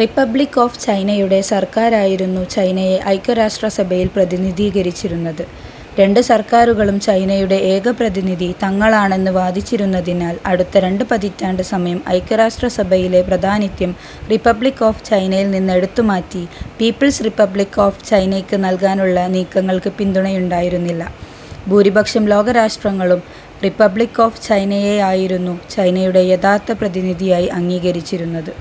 Republic of ചൈനയുടെ സർക്കാരായിരുന്നു ചൈനയെ ഐക്യരാഷ്ട്രസഭയിൽ പ്രതിനിധീകരിച്ചിരുന്നത്. രണ്ട് സർക്കാരുകളും ചൈനയുടെ ഏക പ്രതിനിധി തങ്ങളാണെന്ന് വാദിച്ചിരുന്നതിനാൽ അടുത്ത രണ്ട് പതിറ്റാണ്ട് സമയം ഐക്യരാഷ്ട്രസഭയിലെ പ്രാതിനിത്യം റിപ്പബ്ലിക്ക് ഓഫ് ചൈനയിൽ നിന്നെടുത്തുമാറ്റി പീപ്പിൾസ് റിപ്പബ്ലിക്ക് ഓഫ് ചൈനയ്ക്ക് നൽകാനുള്ള നീക്കങ്ങൾക്ക് പിന്തുണയുണ്ടായിരുന്നില്ല. ഭൂരിപക്ഷം ലോകരാഷ്ട്രങ്ങളും റിപ്പബ്ലിക്ക് ഓഫ് ചൈനയെയായിരുന്നു ചൈനയുടെ യഥാർത്ഥ പ്രതിനിധിയായി അംഗീകരിച്ചിരുന്നത്.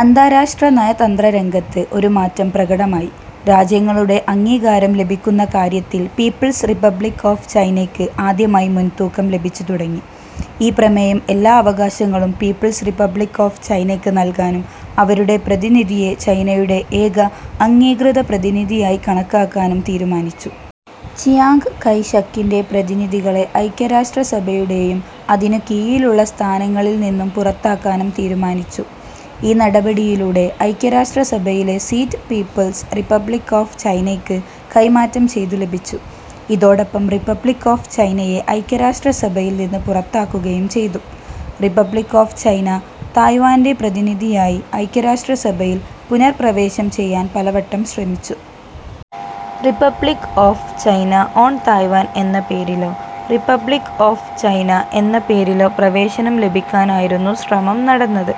അന്താരാഷ്ട്ര നയതന്ത്രരംഗത്ത് ഒരു മാറ്റം പ്രകടമായി. രാജ്യങ്ങളുടെ അംഗീകാരം ലഭിക്കുന്ന കാര്യത്തിൽ പീപ്പിൾസ് റിപ്പബ്ലിക്ക് ഓഫ് ചൈനയ്ക്ക് ആദ്യമായി മുൻതൂക്കം ലഭിച്ചുതുടങ്ങി. ഈ പ്രമേയം എല്ലാ അവകാശങ്ങളും പീപ്പിൾസ് റിപ്പബ്ലിക്ക് ഓഫ് ചൈനയ്ക്ക് നൽകാനും അവരുടെ പ്രതിനിധിയെ ചൈനയുടെ ഏക അംഗീകൃത പ്രതിനിധിയായി കണക്കാക്കാനും തീരുമാനിച്ചു. ചിയാംഗ് കൈ ഷകിൻ്റെ പ്രതിനിധികളെ ഐക്യരാഷ്ട്രസഭയുടെയും അതിനു കീഴിലുള്ള സ്ഥാനങ്ങളിൽ നിന്നും പുറത്താക്കാനും തീരുമാനിച്ചു. ഈ നടപടിയിലൂടെ ഐക്യരാഷ്ട്രസഭയിലെ സീറ്റ് പീപ്പിൾസ് റിപ്പബ്ലിക്ക് ഓഫ് ചൈനയ്ക്ക് കൈമാറ്റം ചെയ്തു ലഭിച്ചു. ഇതോടൊപ്പം റിപ്പബ്ലിക്ക് ഓഫ് ചൈനയെ ഐക്യരാഷ്ട്രസഭയിൽ നിന്ന് പുറത്താക്കുകയും ചെയ്തു. റിപ്പബ്ലിക്ക് ഓഫ് ചൈന തായ്‌വാന്റെപ്രതിനിധിയായി ഐക്യരാഷ്ട്രസഭയിൽ പുനഃപ്രവേശം ചെയ്യാൻ പലവട്ടം ശ്രമിച്ചു. Republic of China on Taiwan എന്ന പേരിലോ റിപ്പബ്ലിക്ക് ഓഫ് ചൈന എന്ന പേരിലോ പ്രവേശനം ലഭിക്കാനായിരുന്നു ശ്രമം നടന്നത്.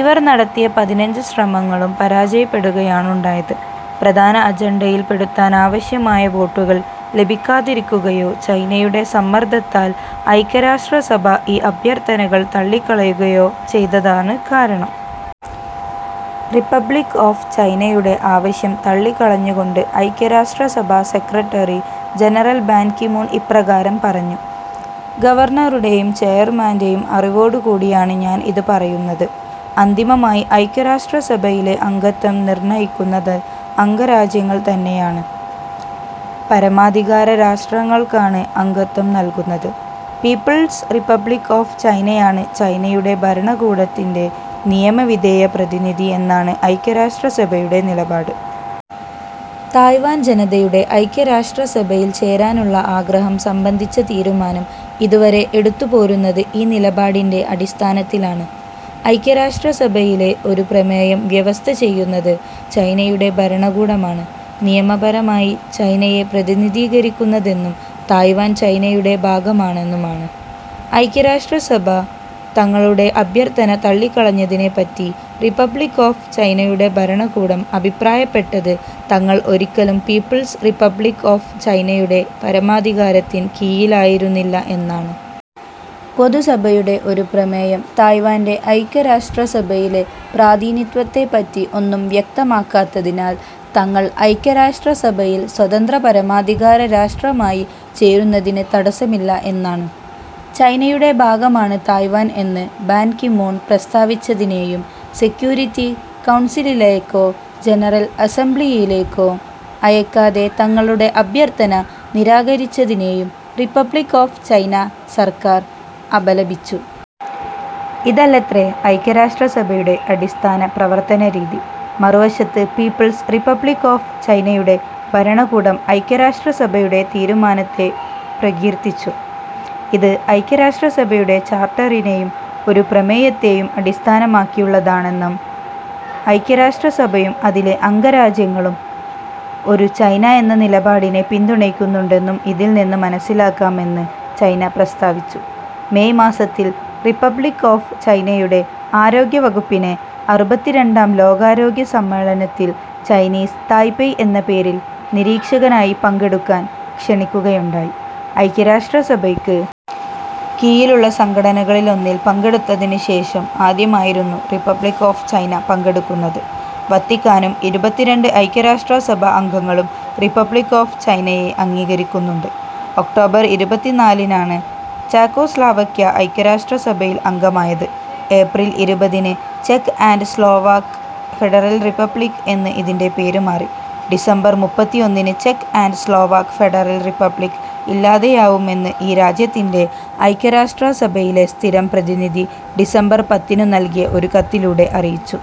ഇവർ നടത്തിയ പതിനഞ്ച് ശ്രമങ്ങളും പരാജയപ്പെടുകയാണുണ്ടായത്. പ്രധാന അജണ്ടയിൽ പെടുത്താൻ ആവശ്യമായ വോട്ടുകൾ ലഭിക്കാതിരിക്കുകയോ ചൈനയുടെ സമ്മർദ്ദത്താൽ ഐക്യരാഷ്ട്രസഭ ഈ അഭ്യർത്ഥനകൾ തള്ളിക്കളയുകയോ ചെയ്തതാണ് കാരണം. റിപ്പബ്ലിക്ക് ഓഫ് ചൈനയുടെ ആവശ്യം തള്ളിക്കളഞ്ഞുകൊണ്ട് ഐക്യരാഷ്ട്രസഭാ Secretary General Ban Ki Moon ഇപ്രകാരം പറഞ്ഞു. ഗവർണറുടെയും ചെയർമാൻ്റെയും അറിവോടുകൂടിയാണ് ഞാൻ ഇത് പറയുന്നത്. അന്തിമമായി ഐക്യരാഷ്ട്രസഭയിലെ അംഗത്വം നിർണയിക്കുന്നത് അംഗരാജ്യങ്ങൾ തന്നെയാണ്. പരമാധികാരരാഷ്ട്രങ്ങൾക്കാണ് അംഗത്വം നൽകുന്നത്. പീപ്പിൾസ് റിപ്പബ്ലിക്ക് ഓഫ് ചൈനയാണ് ചൈനയുടെ ഭരണകൂടത്തിൻ്റെ നിയമവിധേയ പ്രതിനിധി എന്നാണ് ഐക്യരാഷ്ട്രസഭയുടെ നിലപാട്. തായ്‌വാൻ ജനതയുടെ ഐക്യരാഷ്ട്രസഭയിൽ ചേരാനുള്ള ആഗ്രഹം സംബന്ധിച്ച തീരുമാനം ഇതുവരെ എടുത്തുപോരുന്നത് ഈ നിലപാടിൻ്റെ അടിസ്ഥാനത്തിലാണ്. ഐക്യരാഷ്ട്രസഭയിലെ ഒരു പ്രമേയം വ്യവസ്ഥ ചെയ്യുന്നത്, ചൈനയുടെ ഭരണകൂടമാണ് നിയമപരമായി ചൈനയെ പ്രതിനിധീകരിക്കുന്നതെന്നും തായ്‌വാൻ ചൈനയുടെ ഭാഗമാണെന്നുമാണ്. ഐക്യരാഷ്ട്രസഭ തങ്ങളുടെ അഭ്യർത്ഥന തള്ളിക്കളഞ്ഞതിനെപ്പറ്റി റിപ്പബ്ലിക്ക് ഓഫ് ചൈനയുടെ ഭരണകൂടം അഭിപ്രായപ്പെട്ടത് തങ്ങൾ ഒരിക്കലും പീപ്പിൾസ് റിപ്പബ്ലിക്ക് ഓഫ് ചൈനയുടെ പരമാധികാരത്തിൻ കീഴിലായിരുന്നില്ല എന്നാണ്. പൊതുസഭയുടെ ഒരു പ്രമേയം തായ്‌വാന്റെഐക്യരാഷ്ട്രസഭയിലെ പ്രാതിനിത്യത്തെപ്പറ്റി ഒന്നും വ്യക്തമാക്കാത്തതിനാൽ തങ്ങൾ ഐക്യരാഷ്ട്രസഭയിൽ സ്വതന്ത്രപരമാധികാര രാഷ്ട്രമായി ചേരുന്നതിന് തടസ്സമില്ല എന്നാണ്. ചൈനയുടെ ഭാഗമാണ് തായ്‌വാൻ എന്ന് ബാൻ കി മൂൺ പ്രസ്താവിച്ചതിനെയും സെക്യൂരിറ്റി കൗൺസിലേക്കോ ജനറൽ അസംബ്ലിയിലേലേക്കോ അയയ്ക്കാതെ തങ്ങളുടെ അഭ്യർത്ഥന നിരാകരിച്ചതിനെയും റിപ്പബ്ലിക്ക് ഓഫ് ചൈന സർക്കാർ അപലപിച്ചു. ഇതല്ലത്രേ ഐക്യരാഷ്ട്രസഭയുടെ അടിസ്ഥാന പ്രവർത്തനരീതി. മറുവശത്ത് പീപ്പിൾസ് റിപ്പബ്ലിക്ക് ഓഫ് ചൈനയുടെ ഭരണകൂടം ഐക്യരാഷ്ട്രസഭയുടെ തീരുമാനത്തെ പ്രകീർത്തിച്ചു. ഇത് ഐക്യരാഷ്ട്രസഭയുടെ ചാർട്ടറിനെയും ഒരു പ്രമേയത്തെയും അടിസ്ഥാനമാക്കിയുള്ളതാണെന്നും, ഐക്യരാഷ്ട്രസഭയും അതിലെ അംഗരാജ്യങ്ങളും ഒരു ചൈന എന്ന നിലപാടിനെ പിന്തുണയ്ക്കുന്നുണ്ടെന്നും ഇതിൽ നിന്ന് മനസ്സിലാക്കാമെന്ന് ചൈന പ്രസ്താവിച്ചു. മേയ് മാസത്തിൽ റിപ്പബ്ലിക്ക് ഓഫ് ചൈനയുടെ ആരോഗ്യവകുപ്പിനെ അറുപത്തിരണ്ടാം ലോകാരോഗ്യ സമ്മേളനത്തിൽ ചൈനീസ് തായ്പേയ് എന്ന പേരിൽ നിരീക്ഷകനായി പങ്കെടുക്കാൻ ക്ഷണിക്കുകയുണ്ടായി. ഐക്യരാഷ്ട്രസഭയ്ക്ക് കീഴിലുള്ള സംഘടനകളിലൊന്നിൽ പങ്കെടുത്തതിന് ശേഷം ആദ്യമായായിരുന്നു റിപ്പബ്ലിക്ക് ഓഫ് ചൈന പങ്കെടുക്കുന്നത്. വത്തിക്കാനും ഇരുപത്തിരണ്ട് ഐക്യരാഷ്ട്രസഭാ അംഗങ്ങളും റിപ്പബ്ലിക്ക് ഓഫ് ചൈനയെ അംഗീകരിക്കുന്നുണ്ട്. ഒക്ടോബർ ഇരുപത്തി നാലിനാണ് ചെക്കോസ്ലാവാക്യ ഐക്യരാഷ്ട്രസഭയിൽ അംഗമായത്. ഏപ്രിൽ ഇരുപതിന് ചെക്ക് ആൻഡ് സ്ലോവാക്ക് ഫെഡറൽ റിപ്പബ്ലിക്ക് എന്ന് ഇതിൻ്റെ പേരുമാറി. ഡിസംബർ മുപ്പത്തി ഒന്നിന് ചെക്ക് ആൻഡ് സ്ലോവാക്ക് ഫെഡറൽ റിപ്പബ്ലിക്ക് ഇല്ലാതെയാവും എന്ന് ഈ രാജ്യത്തിൻ്റെ ഐക്യരാഷ്ട്രസഭയിലെ സ്ഥിരം പ്രതിനിധി ഡിസംബർ പത്തിനു നൽകിയ ഒരു കത്തിലൂടെ അറിയിച്ചു.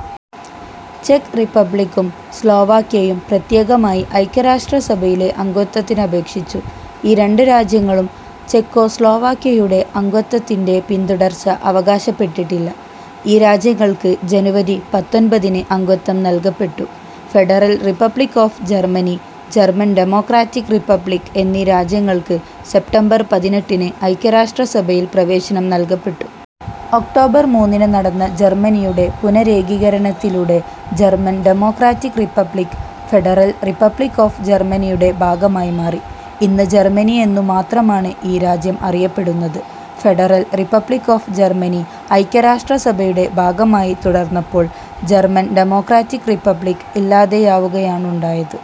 ചെക്ക് റിപ്പബ്ലിക്കും സ്ലോവാക്യയും പ്രത്യേകമായി ഐക്യരാഷ്ട്രസഭയിലെ അംഗത്വത്തിനപേക്ഷിച്ചു. ഈ രണ്ട് രാജ്യങ്ങളും ചെക്കോസ്ലോവാക്യയുടെ അംഗത്വത്തിൻ്റെ പിൻതുടർച്ച അവകാശപ്പെട്ടില്ല. ഈ രാജ്യങ്ങൾക്ക് ജനുവരി പത്തൊൻപതിനു അംഗത്വം നൽകപ്പെട്ടു. Federal Republic of Germany, German Democratic Republic എന്നീ രാജ്യങ്ങൾക്ക് സെപ്റ്റംബർ പതിനെട്ടിന് ഐക്യരാഷ്ട്രസഭയിൽ പ്രവേശനം നൽകപ്പെട്ടു. ഒക്ടോബർ മൂന്നിന് നടന്ന ജർമനിയുടെ പുനരേകീകരണത്തിലൂടെ German Democratic Republic Federal Republic of ജർമനിയുടെ ഭാഗമായി മാറി. ഇന്ന് ജർമനി എന്നു മാത്രമാണ് ഈ രാജ്യം അറിയപ്പെടുന്നത്. ഫെഡറൽ റിപ്പബ്ലിക്ക് ഓഫ് ജർമനി ഐക്യരാഷ്ട്രസഭയുടെ ഭാഗമായി തുടർന്നപ്പോൾ ജർമൻ ഡെമോക്രാറ്റിക് റിപ്പബ്ലിക്ക് ഇല്ലാതെയാവുകയാണുണ്ടായത്.